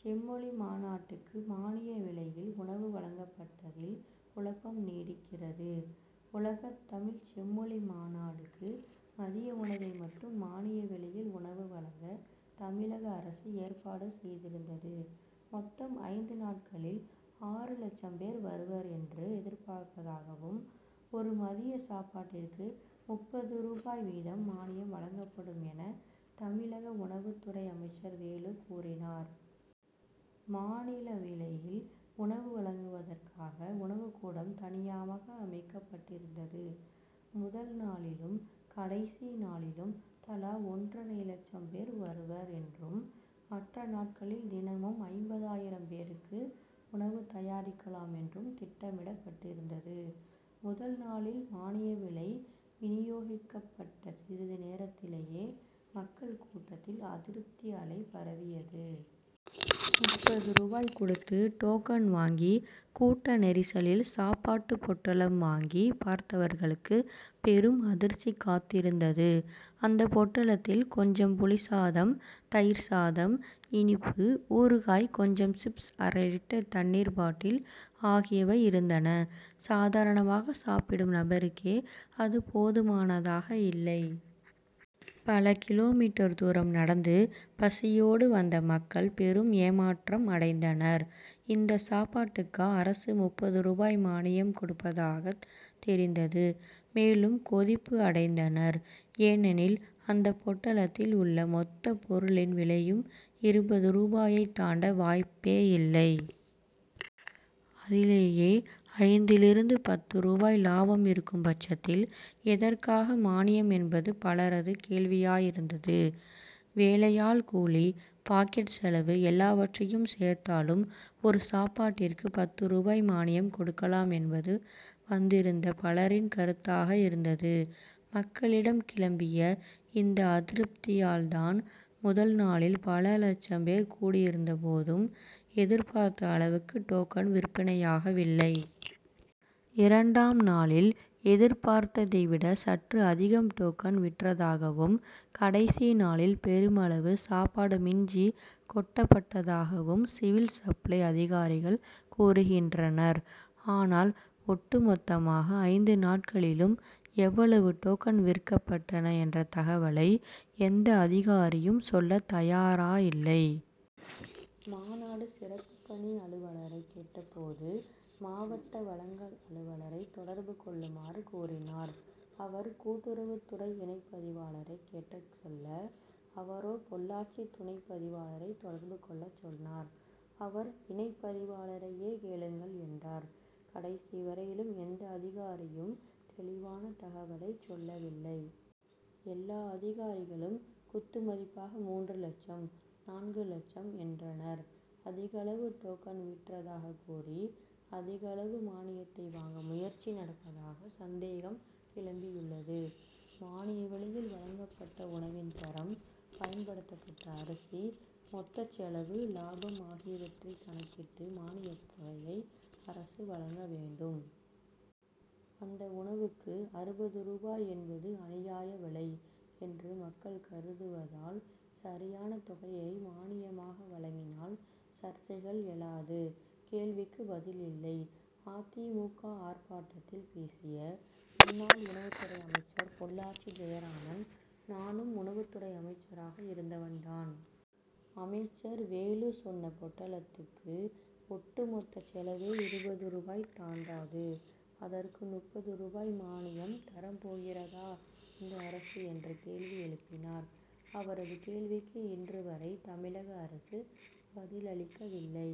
செம்மொழி மாநாட்டுக்கு மானிய விலையில் உணவு வழங்கப்பட்டதில் குழப்பம் நீடிக்கிறது. உலகத்தமிழ்ச் செம்மொழி மாநாடுக்கு, மதிய உணவை மட்டும் மானிய விலையில் உணவு வழங்க, தமிழக அரசு ஏற்பாடு செய்திருந்தது. மொத்தம் ஐந்து நாட்களில் ஆறுலட்சம் பேர் வருவர் என்று எதிர்பார்ப்பதாகவும், ஒரு மதிய சாப்பாடுக்கு முப்பது ரூபாய் வீதம் மானியம் வழங்கப்படும் என தமிழக உணவுத்துறை அமைச்சர் வேலு கூறினார். மானிய லவிலையில் உணவு வழங்குவதற்காக உணவுக்கூடம்தனியாக அமைக்கப்பட்டிருந்தது. முதல் நாளிலும், கடைசி நாளிலும் தலா ஒன்றரை லட்சம் பேர் வருவர் என்றும், மற்ற நாட்களில் தினமும் ஐம்பதாயிரம் பேருக்கு உணவு தயாரிக்கலாம் என்றும் திட்டமிடப்பட்டிருந்தது. முதல் நாளில், மானிய விலை வினியோகிக்கப்பட்ட சிறிது நேரத்திலேயே மக்கள் கூட்டத்தில் அதிருப்தி அலை பரவியது. முப்பது ரூபாய் கொடுத்து டோக்கன் வாங்கி, கூட்ட நெரிசலில் சாப்பாடுப் பொட்டலம் வாங்கிப் பார்த்தவர்களுக்கு பெரும் அதிர்ச்சி காத்திருந்தது. அந்த பொட்டலத்தில், கொஞ்சம் புளிசாதம், தயிர் சாதம், இனிப்பு, ஊறுகாய், கொஞ்சம் சிப்ஸ், அரை லிட்டர் தண்ணீர் பாட்டில் ஆகியவை இருந்தன. சாதாரணமாகச் சாப்பிடும் நபருக்கே அது போதுமானதாக இல்லை. பல கி. மீ. தூரம் நடந்து, பசியோடு வந்த பொது மக்கள் பெரும் ஏமாற்றம் அடைந்தனர். இந்த சாப்பாடுக்கு அரசு முப்பது ரூபாய் மானியம் கொடுப்பதாகத் தெரிந்து, மேலும் கொதிப்பு அடைந்தனர். ஏனெனில், அந்த பொட்டலத்தில் உள்ள மொத்தப் பொருளின் விலையும் இருபது ரூபாயைத் தாண்ட வாய்ப்பேயில்லை. அதிலேயே, ஐந்திலிருந்து பத்து ரூபாய் லாபம் இருக்கும் பட்சத்தில், எதற்காக மானியம் என்பது பலரது கேள்வியாயிருந்தது. வேலையாள் கூலி, பாக்கெட் செலவு எல்லாவற்றையும் சேர்த்தாலும், ஒரு சாப்பாடுக்கு பத்து ரூபாய் மானியம் கொடுக்கலாம் என்பது வந்திருந்த பலரின் கருத்தாக இருந்தது. மக்களிடம் கிளம்பிய இந்த அதிருப்தியால்தான், முதல் நாளில் பல லட்சம் பேர் கூடியிருந்தபோதும், எதிர்பார்த்த அளவுக்கு டோக்கன் விற்பனையாகவில்லை. இரண்டாம் நாளில் எதிர் பார்த்ததை விட சற்று அதிகம் டோக்கன் விற்றதாகவும், கடைசி நாளில் பெருமளவு சாப்பாடு மிஞ்சி, கொட்டப்பட்டதாகவும் சிவில் சப்ளை அதிகாரிகள் கூறுகின்றனர். ஆனால், ஒட்டு மொத்தமாக ஐந்து நாட்களிலும் எவ்வளவு டோக்கன் விற்கப்பட்டன என்ற தகவலை எந்த அதிகாரியும் சொல்லத் தயாராயில்லை. மாநாடு சிறப்புப் பணி அலுவலரைக் கேட்டபோது, மாவட்ட வழங்கல் அலுவலரை தொடர்பு கொள்ளுமாறு கூறினார். அவர், கூட்டுறவுத்துறை இணைப்பதிவாளரை கேட்கச் சொல்ல, அவரோ, பொள்ளாச்சி துணைப் பதிவாளரை தொடர்பு கொள்ளச் சொன்னார். அவர், இணைப்பதிவாளரையே கேளுங்கள் என்றார். கடைசி வரையிலும் எந்த அதிகாரியும் தெளிவான தகவலைச் சொல்லவில்லை. எல்லா அதிகாரிகளும் குத்து மதிப்பாக மூன்று லட்சம், நான்கு லட்சம் என்றனர். அதிகளவு டோக்கன் விற்றதாகக் கூறி, அதிகளவு மானியத்தை வாங்க முயற்சி நடப்பதாக சந்தேகம் கிளம்பியுள்ளது. மானிய விலையில் வழங்கப்பட்ட உணவின் தரம், பயன்படுத்தப்பட்ட அரிசி, மொத்தச் செலவு, லாபம் ஆகியவற்றைக் கணக்கிட்டு, மானியத் தொகையை அரசு வழங்க வேண்டும். அந்த உணவுக்கு அறுபது ரூபாய் என்பது அநியாய விலை என்று மக்கள் கருதுவதால், சரியான தொகையை மானியமாக வழங்கினால் சர்ச்சைகள் எழாது. கேள்விக்கு பதில் இல்லை: அ. தி. மு. க., ஆர்ப்பாட்டத்தில் பேசிய முன்னாள் உணவுத்துறை அமைச்சர் பொள்ளாச்சி ஜெயராமன், "நானும் உணவுத்துறை அமைச்சராக இருந்தவன் தான். அமைச்சர் வேலு சொன்ன பொட்டலத்துக்கு ஒட்டு மொத்தச் செலவே இருபது ரூபாய் தாண்டாது; அதற்கு முப்பது ரூபாய் மானியம் தரப்போகிறதா இந்த அரசு? ' என்று கேள்வி எழுப்பினார். அவரது கேள்விக்கு இன்று வரை தமிழக அரசு பதிலளிக்கவில்லை.